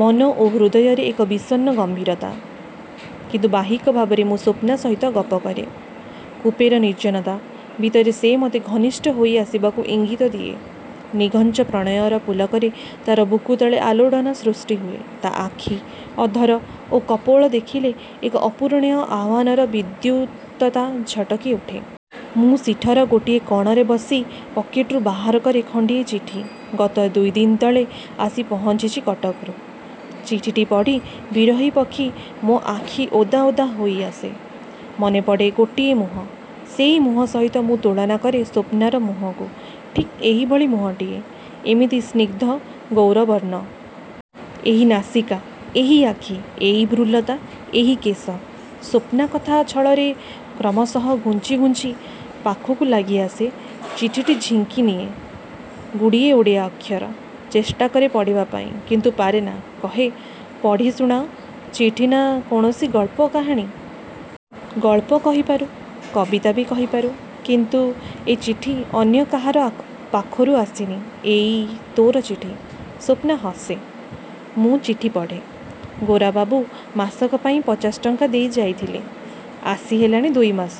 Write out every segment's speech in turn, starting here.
ମନ ଓ ହୃଦୟରେ ଏକ ବିଷର୍ଣ୍ଣ ଗମ୍ଭୀରତା। କିନ୍ତୁ ବାହ୍ୟିକ ଭାବରେ ମୁଁ ସ୍ୱପ୍ନା ସହିତ ଗପ କରେ। କୁପେର ନିର୍ଜନତା ଭିତରେ ସେ ମତେ ଘନିଷ୍ଠ ହୋଇଆସିବାକୁ ଇଙ୍ଗିତ ଦିଏ। ନିଘଞ୍ଚ ପ୍ରଣୟର ପୁଲକରେ ତାର ବୁକୁତଳେ ଆଲୋଡ଼ନ ସୃଷ୍ଟି ହୁଏ-ତା ଆଖି, ଅଧର ଓ କପୋଳ ଦେଖିଲେ ଏକ ଅପୂରଣୀୟ ଆହ୍ୱାନର ବିଦ୍ୟୁତ୍ଲତା ଝଟକି ଉଠେ। ମୁଁ ସିଠର ଗୋଟିଏ କଣରେ ବସି ପକେଟରୁ ବାହାରକରେ ଖଣ୍ଡିଏ ଚିଠି-ଗତ ଦୁଇ ଦିନ ତଳେ ଆସି ପହଞ୍ଚିଚି କଟକରୁ। ଚିଠିଟି ପଢ଼ି ବିରହୀ ଯକ୍ଷ ମୋ ଆଖି ଓଦା ଓଦା ହୋଇଆସେ। ମନେପଡ଼େ ଗୋଟିଏ ମୁହଁ। ସେହି ମୁହଁ ସହିତ ମୁଁ ତୁଳନା କରେ ସ୍ୱପ୍ନାର ମୁହଁକୁ ଠିକ୍ ଏହିଭଳି ମୁହଁଟିଏ, ଏମିତି ସ୍ନିଗ୍ଧ, ଗୌରବର୍ଣ୍ଣ। ଏହି ନାସିକା, ଏହି ଆଖି, ଏଇ ଭ୍ରୁଲତା, ଏହି କେଶ। ସ୍ୱପ୍ନା କଥା ଛଳରେ କ୍ରମଶଃ ଘୁଞ୍ଚି ଘୁଞ୍ଚି ପାଖକୁ ଲାଗି ଆସେ, ଚିଠିଟି ଝିଙ୍କିନିଏ। ଗୁଡ଼ିଏ ଓଡ଼ିଆ ଅକ୍ଷର। ଚେଷ୍ଟାକରେ ପଢ଼ିବା ପାଇଁ, କିନ୍ତୁ ପାରେନା; କହେ-ପଢି ଶୁଣାଅ, ଚିଠି ନା କୌଣସି ଗଳ୍ପ, କାହାଣୀ? -ଗଳ୍ପ କହିପାରୁ, କବିତା ବି କହିପାରୁ। କିନ୍ତୁ ଏ ଚିଠି ଅନ୍ୟ କାହାର ପାଖରୁ ଆସିନି, ଏଇ ତୋର ଚିଠି। ସ୍ୱପ୍ନା ହସେ। ମୁଁ ଚିଠି ପଢ଼େ-। ଗୋରାବାବୁ, ମାସକ ପାଇଁ ପଚାଶ ଟଙ୍କା ଦେଇଯାଇଥିଲେ, ଆସି ହେଲାଣି ଦୁଇ ମାସ।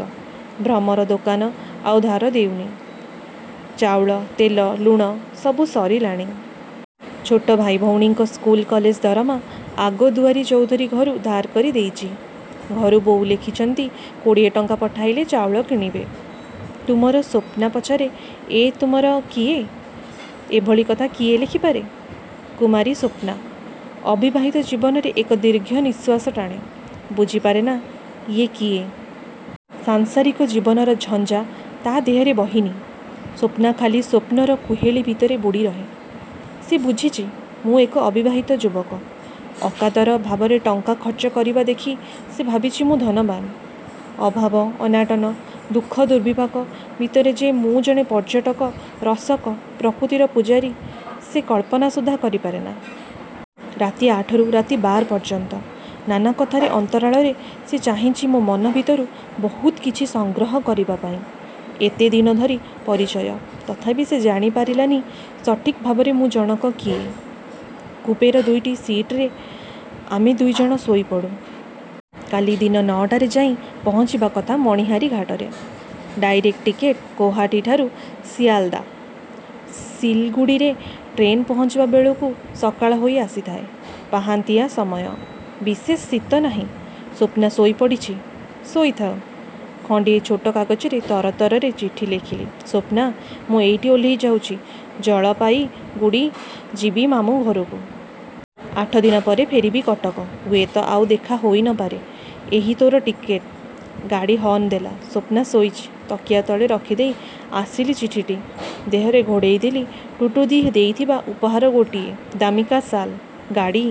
ଭ୍ରମର ଦୋକାନ ଆଉ ଧାର ଦେଉନି-ଚାଉଳ, ତେଲ, ଲୁଣ ସବୁ ସରିଲାଣି। ଛୋଟ ଭାଇ ଭଉଣୀଙ୍କ ସ୍କୁଲ କଲେଜ ଦରମା ଆଗଦୁଆରୀ ଚୌଧୁରୀ ଘରୁ ଧାର କରି ଦେଇଚି। ଘରୁ ବୋଉ ଲେଖିଚନ୍ତି କୋଡ଼ିଏ ଟଙ୍କା ପଠାଇଲେ ଚାଉଳ କିଣିବେ। ''ତୁମର'' ସ୍ୱପ୍ନା ପଚାରେ, ଏ 'ତୁମର' କିଏ? -ଏଭଳି କଥା କିଏ ଲେଖିପାରେ? କୁମାରୀ ସ୍ୱପ୍ନା। ଅବିବାହିତ ଜୀବନରେ ଏକ ଦୀର୍ଘ ନିଶ୍ୱାସ ଟାଣେ, ବୁଝିପାରେନା ଇଏ କିଏ? ସାଂସାରିକ ଜୀବନର ଝଞ୍ଜା ତା ଦେହରେ ବହିନି। ସ୍ୱପ୍ନା ଖାଲି ସ୍ୱପ୍ନର କୁହେଳି ଭିତରେ ବୁଡ଼ିରହେ। ସେ ବୁଝିଚି, ମୁଁ ଏକ ଅବିବାହିତ ଯୁବକ। ଅକାତର ଭାବରେ ଟଙ୍କା ଖର୍ଚ୍ଚ କରିବା ଦେଖି ସେ ଭାବିଚି ମୁଁ ଧନବାନ। ଅଭାବ-ଅନାଟନ, ଦୁଃଖ ଦୁର୍ବିପାକ ଭିତରେ ଯେ ମୁଁ ଜଣେ ପର୍ଯ୍ୟଟକ, ରସକ, ପ୍ରକୃତିର ପୂଜାରୀ, ସେ କଳ୍ପନା ସୁଦ୍ଧା କରିପାରେନା। ରାତି ଆଠରୁ ରାତି ବାର ପର୍ଯ୍ୟନ୍ତ ନାନା କଥାର ଅନ୍ତରାଳରେ ସେ ଚାହିଁଚି ମୋ ମନ ଭିତରୁ ବହୁତ କିଛି ସଂଗ୍ରହ କରିବା ପାଇଁ। ଏତେ ଦିନ ଧରି ପରିଚୟ, ତଥାପି ସେ ଜାଣିପାରିଲାନି ସଠିକ୍ ଭାବରେ ମୁଁ ଜଣକ କିଏ? କୁପେର ଦୁଇଟି ସିଟରେ ଆମେ ଦୁଇ ଜଣ ଶୋଇପଡ଼ୁ। କାଲି ଦିନ ନଅଟାରେ ଯାଇ ପହଞ୍ଚିବା କଥା ମଣିହାରୀ ଘାଟରେ। ଡ଼ାଇରେକ୍ଟ ଟିକେଟ ଗୌହାଟୀଠାରୁ ସିଆଲ୍ଦା। ସିଲଗୁଡ଼ିରେ ଟ୍ରେନ ପହଞ୍ଚିବା ବେଳକୁ ସକାଳ ହୋଇ ଆସିଥାଏ। ପାହାନ୍ତିଆ ସମୟ। ବିଶେଷ ଶୀତ ନାହିଁ। ସ୍ୱପ୍ନା ଶୋଇପଡ଼ିଚି-ଶୋଇଥାଉ। ଖଣ୍ଡିଏ ଛୋଟ କାଗଜରେ ତରତରରେ ଚିଠି ଲେଖିଲି- ସ୍ୱପ୍ନା, ମୁଁ ଏଇଠି ଓହ୍ଲେଇ ଯାଉଚି, ଜଳପାଇଗୁଡ଼ି ଯିବି ମାମୁଁ ଘରକୁ। ଆଠ ଦିନ ପରେ ଫେରିବି କଟକ। ହୁଏତ ଆଉ ଦେଖା ହୋଇ ନ ପାରେ। ଏହି ତୋର ଟିକେଟ। ଗାଡ଼ି ହର୍ଣ୍ଣ ଦେଲା। ସ୍ୱପ୍ନା ଶୋଇଚି-ତକିଆ ତଳେ ରଖିଦେଇ ଆସିଲି ଚିଠିଟି, ଦେହରେ ଘୋଡ଼େଇ ଦେଲି ଟୁଟୁଦି ଦେଇଥିବା ଉପହାର ଗୋଟିଏ ଦାମିକା ଶାଲ୍। ଗାଡ଼ି